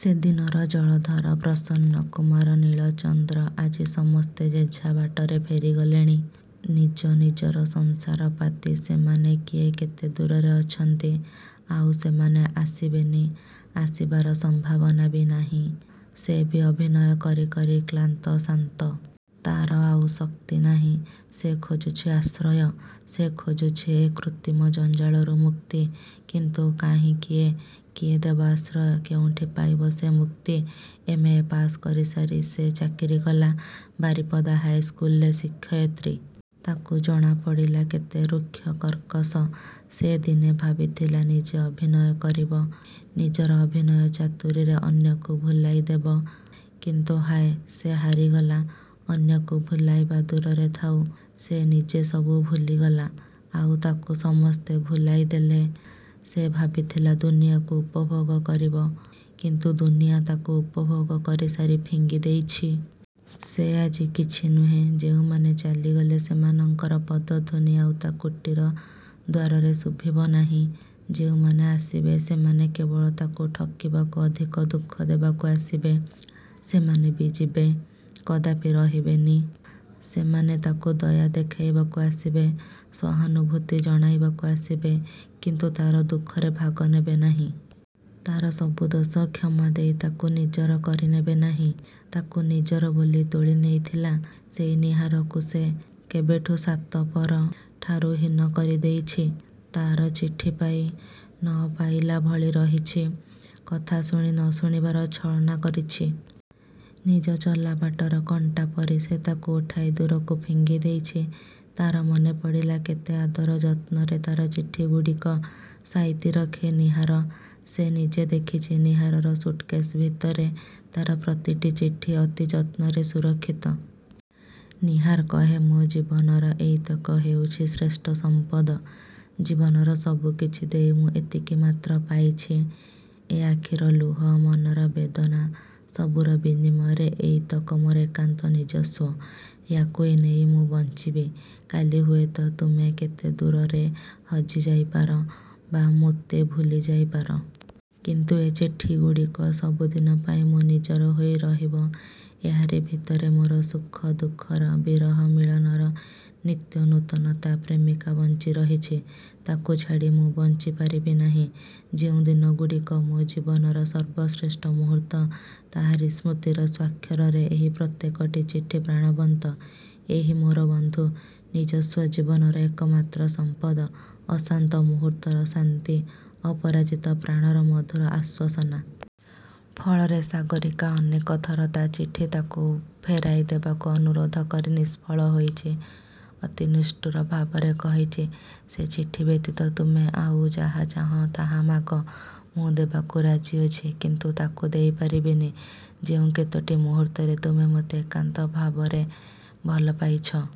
ସେଦିନର ଜଳଧର, ପ୍ରସନ୍ନ କୁମାର, ନୀଳଚନ୍ଦ୍ର ଆଜି ସମସ୍ତେ ଯେଝା ବାଟରେ ଫେରି ଗଲେଣି। ନିଜ ନିଜର ସଂସାର ପାତି ସେମାନେ କିଏ କେତେ ଦୂରରେ ଅଛନ୍ତି। ଆଉ ସେମାନେ ଆସିବେନି-ଆସିବାର ସମ୍ଭାବନା ବି ନାହିଁ। ସେ ବି ଅଭିନୟ କରି କରି କ୍ଳାନ୍ତ, ଶାନ୍ତ। ତା'ର ଆଉ ଶକ୍ତି ନାହିଁ। ସେ ଖୋଜୁଛି ଆଶ୍ରୟ; ସେ ଖୋଜୁଛି ଏ କୃତ୍ରିମ ଜଞ୍ଜାଳରୁ ମୁକ୍ତି। କିନ୍ତୁ କାହିଁ କିଏ? କିଏ ଦେବ ଆଶ୍ରୟ; କେଉଁଠି ପାଇବ ସେ ମୁକ୍ତି। ଏମ୍. ଏ. ପାସ୍ କରିସାରି ସେ ଚାକିରି କଲା। ବାରିପଦା ହାଇସ୍କୁଲରେ ଶିକ୍ଷୟିତ୍ରୀ। ତାକୁ ଜଣାପଡ଼ିଲା କେତେ ଋକ୍ଷ କର୍କଶ। ସେ ଦିନେ ଭାବିଥିଲା ନିଜେ ଅଭିନୟ କରିବ। ନିଜର ଅଭିନୟ ଚାତୁରୀରେ ଅନ୍ୟକୁ ଭୁଲାଇ ଦେବ। କିନ୍ତୁ ହାୟ-ସେ ହାରିଗଲା। ଅନ୍ୟକୁ ଭୁଲାଇବା ଦୂରରେ ଥାଉ-ସେ ନିଜେ ସବୁ ଭୁଲିଗଲା; ଆଉ ତାକୁ ସମସ୍ତେ ଭୁଲାଇ ଦେଲେ। ସେ ଭାବିଥିଲା ଦୁନିଆକୁ ଉପଭୋଗ କରିଯିବ-କିନ୍ତୁ ଦୁନିଆ ତାକୁ ଉପଭୋଗ କରିସାରି ଫିଙ୍ଗି ଦେଇଛି। ସେ ଆଜି କିଛି ନୁହେଁ-ଯେଉଁମାନେ ଚାଲିଗଲେ ସେମାନଙ୍କର ପଦଧ୍ୱନି ଆଉ ତା' କୁଟୀର ଦ୍ୱାରରେ ଶୁଭିବ ନାହିଁ। ଯେଉଁମାନେ ଆସିବେ; ସେମାନେ କେବଳ ତାକୁ ଠକିବାକୁ ଅଧିକ ଦୁଃଖ ଦେବାକୁ ଆସିବେ। ସେମାନେ ବି ଯିବେ; କଦାପି ରହିବେନି। ସେମାନେ ତାକୁ ଦୟା ଦେଖାଇବାକୁ ଆସିବେ; ସହାନୁଭୂତି ଜଣାଇବାକୁ ଆସିବେ; କିନ୍ତୁ ତା'ର ଦୁଃଖରେ ଭାଗ ନେବେ ନାହିଁ। ତାର ସବୁ ଦୋଷ କ୍ଷମାଦେଇ ତାକୁ ନିଜର କରିନେବେ ନାହିଁ। ଯେ ତାକୁ ନିଜର ବୋଲି ତୋଳି ନେଇଥିଲା-ସେଇ ନୀହାରକୁ ସେ କେବେଠୁଁ ସାତପର ଠାରୁ ହୀନ କରିଦେଇଛି। ତା'ର ଚିଠି ପାଇ; ନ। ପାଇଲା ଭଳି ରହିଛି। କଥା ଶୁଣି, ନ ଶୁଣିବାର ଛଳନା କରିଛି। ନିଜ ଚଲା ବାଟର କଣ୍ଟା ପରି ସେ ତାକୁ ଉଠାଇ ଦୂରକୁ ଫିଙ୍ଗି ଦେଇଛି-। ତା'ର ମନେପଡ଼ିଲା କେତେ ଆଦର ଯତ୍ନରେ ତା'ର ଚିଠିଗୁଡ଼ିକ ସାଇତି ରଖେ ନୀହାର-। ସେ ନିଜେ ଦେଖିଛି ନୀହାରର ସୁଟକେଶ୍ ଭିତରେ ତା'ର ପ୍ରତିଟି ଚିଠି ଅତି ଯତ୍ନରେ ସୁରକ୍ଷିତ। ନୀହାର କହେ-''ମୋ ଜୀବନର ଏଇତକ ହେଉଛି ଶ୍ରେଷ୍ଠ ସମ୍ପଦ। ଜୀବନର ସବୁ କିଛି ଦେଇ ମୁଁ ଏତିକି ମାତ୍ର ପାଇଛି। ଏ ଆଖିର ଲୁହ, ମନର ବେଦନା ସବୁର ବିନିମୟରେ ଏଇତକ ମୋର ଏକାନ୍ତ ନିଜସ୍ୱ। ୟାକୁଇ ନେଇ ମୁଁ ବଞ୍ଚିବି। କାଲି ହୁଏତ ତୁମେ କେତେ ଦୂରରେ ହଜି ଯାଇପାର, ବା ମୋତେ ଭୁଲି ଯାଇପାର। କିନ୍ତୁ ଏ ଚିଠିଗୁଡ଼ିକ ସବୁଦିନ ପାଇଁ ମୋର ନିଜର ହୋଇ ରହିବ-। ଏହାରି ଭିତରେ ମୋର ସୁଖ ଦୁଃଖର, ବିରହ ମିଳନର, ନିତ୍ୟ-ନୂତନା ପ୍ରେମିକା ବଞ୍ଚି ରହିଛି-। ତାକୁ ଛାଡ଼ି ମୁଁ ବଞ୍ଚି ପାରିବି ନାହିଁ। ଯେଉଁ ଦିନଗୁଡ଼ିକ ମୋ ଜୀବନର ସର୍ବଶ୍ରେଷ୍ଠ ମୁହୂର୍ତ୍ତ; ତାରି ସ୍ମୃତିର ସ୍ୱାକ୍ଷରରେ ଏହି ପ୍ରତ୍ୟେକଟି ଚିଠି ପ୍ରାଣବନ୍ତ-ଏହି ମୋର ବନ୍ଧୁ-ନିସ୍ୱ ଜୀବନର ଏକମାତ୍ର ସମ୍ପଦ-ଅଶାନ୍ତ ମୁହୂର୍ତ୍ତର ଶାନ୍ତି-ପରାଜିତ ପ୍ରାଣର ମଧୁର ଆଶ୍ୱାସନା। '' ଫଳରେ ସାଗରୀକା ଅନେକଥର ତା' ଚିଠି ସବୁ ତାକୁ ଫେରାଇ ଦେବାକୁ ଅନୁରୋଧ କରି ନିଷ୍ଫଳ ହୋଇଛି-। ଅତି ନିଷ୍ଠୁର ଭାବରେ କହିଛି-'' ସେ ଚିଠି ବ୍ୟତୀତ ତୁମେ ଆଉ ଯାହା ଚାହଁ-ତାହା ମାଗ-। ମୁଁ ଦେବାକୁ ରାଜି ଅଛି। କିନ୍ତୁ ତା'କୁ ଦେଇପାରିବିନି। ଯେଉଁ କେତୋଟି ମୁହୂର୍ତ୍ତରେ ତୁମେ ମୋତେ ଏକାନ୍ତ ଭାବରେ ଭଲ ପାଇଛ;